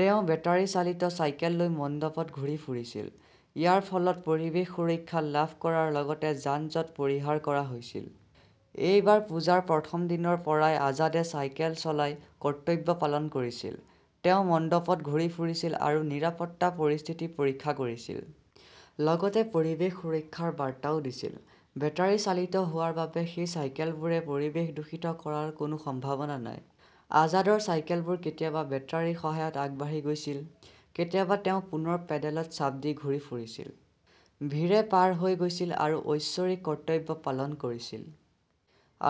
তেওঁ বেটাৰী চালিত চাইকেল লৈ মণ্ডপত ঘূৰি ফুৰিছিল। ইয়াৰ ফলত পৰিৱেশ সুৰক্ষা লাভ কৰাৰ লগতে যান-জঁট পৰিহাৰ কৰা হৈছিল। এই বাৰ পূজাৰ প্ৰথম দিনৰ পৰাই আজাদে চাইকেল চলাই 'কৰ্তব্য "পালন কৰিছিল। তেওঁ মণ্ডপত ঘূৰি ফুৰিছিল আৰু নিৰাপত্তা পৰিস্থিতি পৰীক্ষা কৰিছিল। লগতে পৰিৱেশ সুৰক্ষাৰ বাৰ্তাও দিছিল। বেটাৰী চালিত হোৱাৰ বাবে সেই চাইকেলবোৰে পৰিৱেশ দূষিত কৰাৰ কোনো সম্ভাৱনা নাই। আজাদৰ চাইকেলবোৰ কেতিয়াবা বেটাৰীৰ সহায়ত আগবাঢ়ি গৈছিল, কেতিয়াবা তেওঁ পুনৰ পেডেলত চাপ দি ঘূৰি ফুৰিছিল। ভীৰে পাৰ হৈ গৈছিল আৰু ঐশ্বৰিক কৰ্তব্য পালন কৰিছিল।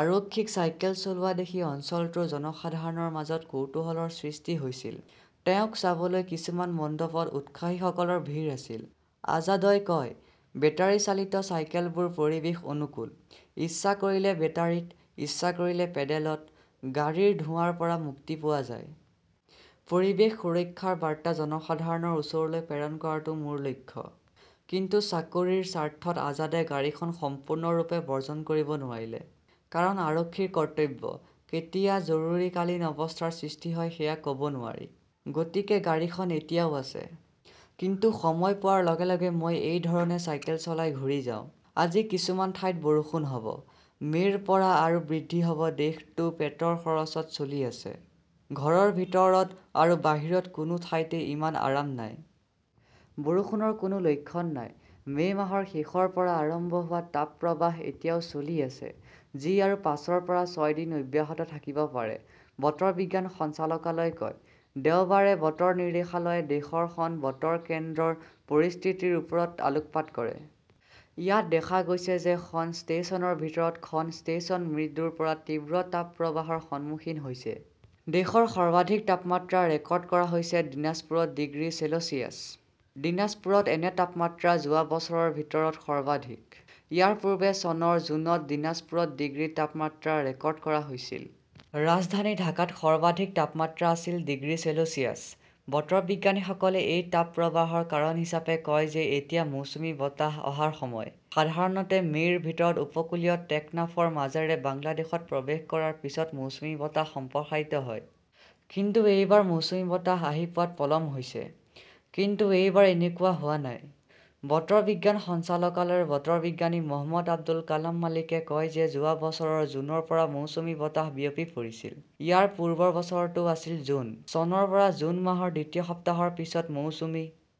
আৰক্ষীক চাইকেল চলোৱা দেখি অঞ্চলটোৰ জনসাধাৰণৰ মাজত কৌতূহলৰ সৃষ্টি হৈছিল। তেওঁক চাবলৈ কিছুমান মণ্ডপত উৎসাহীসকলৰ ভিৰ আছিল। আজাদই কয়, "বেটাৰী চালিত চাইকেলবোৰ পৰিৱেশ অনুকূল। ইচ্ছা কৰিলে বেটাৰীত, ইচ্ছা কৰিলে পেডেলত। গাড়ীৰ ধোঁৱাৰ পৰা মুক্তি পোৱা যায়। পৰিৱেশ সুৰক্ষাৰ বাৰ্তা জনসাধাৰণৰ ওচৰলৈ প্ৰেৰণ কৰাটো মোৰ লক্ষ্য। "কিন্তু চাকৰিৰ স্বাৰ্থত আজাদে গাড়ীখন সম্পূৰ্ণৰূপে বৰ্জন কৰিব নোৱাৰিলে। "কাৰণ আৰক্ষীৰ কৰ্তব্য, কেতিয়া জৰুৰীকালীন অৱস্থাৰ সৃষ্টি হয় সেয়া ক" ব নোৱাৰি। গতিকে গাড়ীখন এতিয়াও আছে। কিন্তু সময় পোৱাৰ লগে লগে মই এই ধৰণে চাইকেল চলাই ঘূৰি যাওঁ। "। আজি কিছুমান ঠাইত বৰষুণ হ "ব, মে" ৰ পৰা আৰু বৃদ্ধি হ "ব দেশটো পেটৰ খৰচত জ্বলি আছে। ঘৰৰ ভিতৰত আৰু বাহিৰত কোনো ঠাইতে ইমান আৰাম নাই। বৰষুণৰ কোনো লক্ষণ নাই। মে 'মাহৰ শেষৰ পৰা আৰম্ভ হোৱা তাপপ্ৰবাহ এতিয়াও চলি আছে, যি আৰু পাঁচৰ পৰা ছয় দিন অব্যাহত থাকিব পাৰে, বতৰ বিজ্ঞান সঞ্চালকালয়ই কয়। দেওবাৰে বতৰ নিৰ্দেশালয়ে দেশৰ খন বতৰ কেন্দ্ৰৰ পৰিস্থিতিৰ ওপৰত আলোকপাত কৰে। ইয়াত দেখা গৈছে যে খন ষ্টেচনৰ ভিতৰত খন ষ্টেচন মৃদুৰ পৰা তীব্ৰ তাপপ্ৰবাহৰ সন্মুখীন হৈছে। দেশৰ সৰ্বাধিক তাপমাত্ৰা ৰেকৰ্ড কৰা হৈছে দিনাজপুৰত ডিগ্ৰী চেলছিয়াছ। দীনাজপুৰত এনে তাপমাত্ৰা যোৱা বছৰৰ ভিতৰত সৰ্বাধিক। ইয়াৰ পূৰ্বে চনৰ জুনত দিনাজপুৰত ডিগ্ৰী তাপমাত্ৰা ৰেকৰ্ড কৰা হৈছিল। ৰাজধানী ঢাকাত সৰ্বাধিক তাপমাত্ৰা আছিল ডিগ্ৰী চেলছিয়াছ। বতৰ বিজ্ঞানীসকলে এই তাপপ্ৰবাহৰ কাৰণ হিচাপে কয় যে এতিয়া মৌচুমী বতাহ অহাৰ সময়। সাধাৰণতে মে 'ৰ ভিতৰত উপকূলীয় টেকনাফৰ মাজেৰে বাংলাদেশত প্ৰৱেশ কৰাৰ পিছত মৌচুমী বতাহ সম্প্ৰসাৰিত হয়। কিন্তু এইবাৰ মৌচুমী বতাহ আহি পোৱাত পলম হৈছে। কিন্তু এইবাৰ এনেকুৱা হোৱা নাই। বতৰ বিজ্ঞান সঞ্চালকালয়ৰ বতৰ বিজ্ঞানী মহম্মদ আবুল কালাম মালিকে কয় যে যোৱা বছৰৰ জুনৰ পৰা মৌচুমী বতাহ বিয়পি পৰিছিল। ইয়াৰ পূৰ্বৰ বছৰটো আছিল জুন। চনৰ পৰা জুন মাহৰ দ্বিতীয় সপ্তাহৰ পিছত মৌচুমী